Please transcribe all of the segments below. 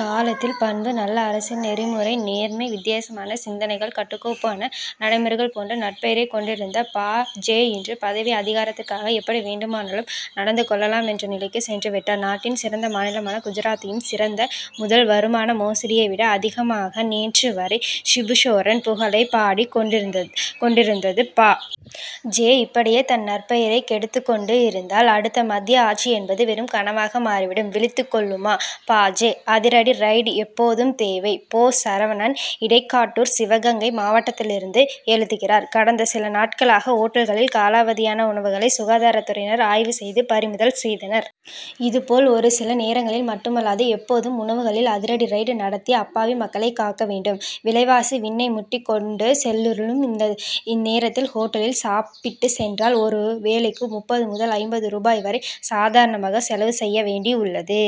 காலத்தில் பண்பு நல்ல அரசியல் நெறிமுறை நேர்மை வித்தியாசமான சிந் தனைகள் கட்டுக்கோப் பான நடைமுறைகள் போன்ற நற்பெயரை கொண் டிருந்த பா. ஜ. இன்று பதவி அதிகாரத்திற்காக எப்படி வேண்டுமானாலும் நடந்து கொள்ளலாம் என்ற நிலைக்கு சென்று விட்டது. நாட்டின் சிறந்த மாநிலமான குஜராத்தையும் சிறந்த முதல்வருமான மோடியை விட அதிகமாக நேற்று வரை சிபுசோரன் புகழை பாடிக் கொண்டிருந்தது பா. ஜ. இப்படியே தன் நற்பெயரை கெடுத்து கொண்டு இருந்தால் அடுத்த மத்திய ஆட்சி என்பது வெறும் கனவாக மாறிவிடும். விழித்துக் கொள்ளுமா பா. ஜ.? அதிரடி ரெய்டு எப்போதும் தேவை! போ. சரவணன் இடைக் காட்டூர் சிவகங்கை மாவட் டத்திலிருந்து எழுதுகிறார்: கடந்த சில நாட்களாக ஓட் டல்களில் காலாவதியான உணவுகளை சுகாதாரத் துறையினர் ஆய்வு செய்து பறிமுதல் செய்தனர். இது போல் ஒரு சில நேரங்களில் மட்டுமல்லாது எப்போதும் உணவகங்களில் அதிரடி ரெய்டு நடத்தி அப்பாவி மக்களை காக்க வேண்டும். விலைவாசி விண்ணை முட்டிக் கொண்டு செல் ருலும் இந்நேரத்தில் ஓட்டலில் சாப்பிடச் சென்றால் ஒரு வேலைக்கு முப்பது முதல் ஐம்பது ரூபாய் வரை சாதாரணமாக செலவு செய்ய வேண்டி உள்ளது.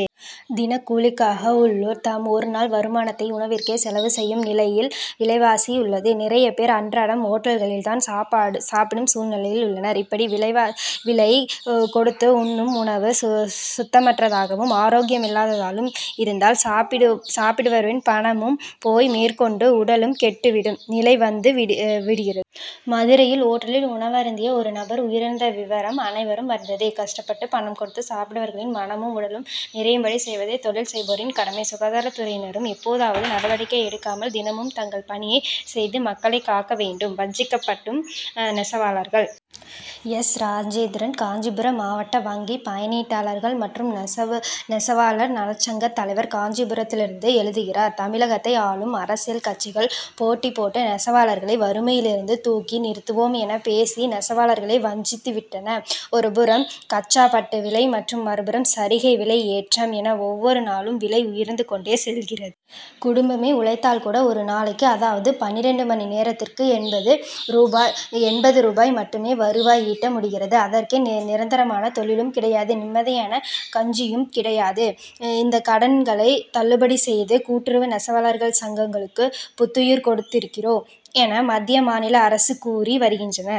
தினக் கூலிகளாக உள்ளோர் தம் ஒரு நாள் வருமானத்தை உணவிற்கே செலவு செய்யும் நிலையில் விலைவாசி உள்ளது. நிறைய பேர் அன்றாடம் ஓட்டல்களில் தான் சாப்பிடும் சூழ்நிலையில் உள்ளனர். இப்படி விலை கொடுத்து உண்ணும் உணவு சுத்தமற்றதாகவும் ஆரோக்கியமில்லாமலும் இருந்தால் சாப்பிடுபவரின் பணமும் போய் மேற்கொண்டு உடலும் கெட்டு விடும் நிலை வந்து விடுது. மதுரையில் ஓட்டலில் உணவருந்திய ஒரு நபர் உயிரிழந்த விவரம் அனைவரும் அறிந்ததே. கஷ்டப்பட்டு பணம் கொடுத்து சாப்பிடுபவர்களின் மனமும் உடலும் நிறையும்படி செய்வதே தொழில் செய்பவர்களின் கடமை. சுகாதாரத் துறையினரும் எப்போதாவது நடவடிக்கை எடுக்காமல் தினமும் தங்கள் பணியை செய்து மக்களை காக்க வேண்டும். வஞ்சிக்கப்படும் நெசவாளர்கள்! எஸ். ராஜேந்திரன் காஞ்சிபுரம் மாவட்ட வங்கி பயனீட்டாளர்கள் மற்றும் நெசவாளர் நலச்சங்கத் தலைவர் காஞ்சிபுரத்திலிருந்து எழுதுகிறார்: தமிழகத்தை ஆளும் அரசியல் கட்சிகள் போட்டி போட்டு நெசவாளர்களை வறுமையிலிருந்து தூக்கி நிறுத்துவோம் என பேசி நெசவாளர்களை வஞ்சித்து விட்டன. ஒரு புறம் கச்சாபட்டு விலை ஏற்றம் மறுபுறம் சரிகை விலை ஏற்றம் என ஒவ்வொரு நாளும் விலை உயர்ந்து கொண்டே செல்கிற. குடும்பமே உழைத்தால் கூட ஒரு நாளைக்கு அதாவது பன்னிரண்டு மணி நேரத்திற்கு எண்பது ரூபாய் மட்டுமே வருவாய் ஈட்ட முடிகிறது. அதற்கே நிரந்தரமாக தொழிலும் கிடையாது நிம்மதியான கஞ்சியும் கிடையாது. இந்த கடன்களை தள்ளுபடி செய்து கூட்டுறவு நெசவாளர் சங்கங்களுக்கு புத்துயிர் கொடுக்கிறோம் என மத்திய மாநில அரசுகள் கூறி வருகின்றன.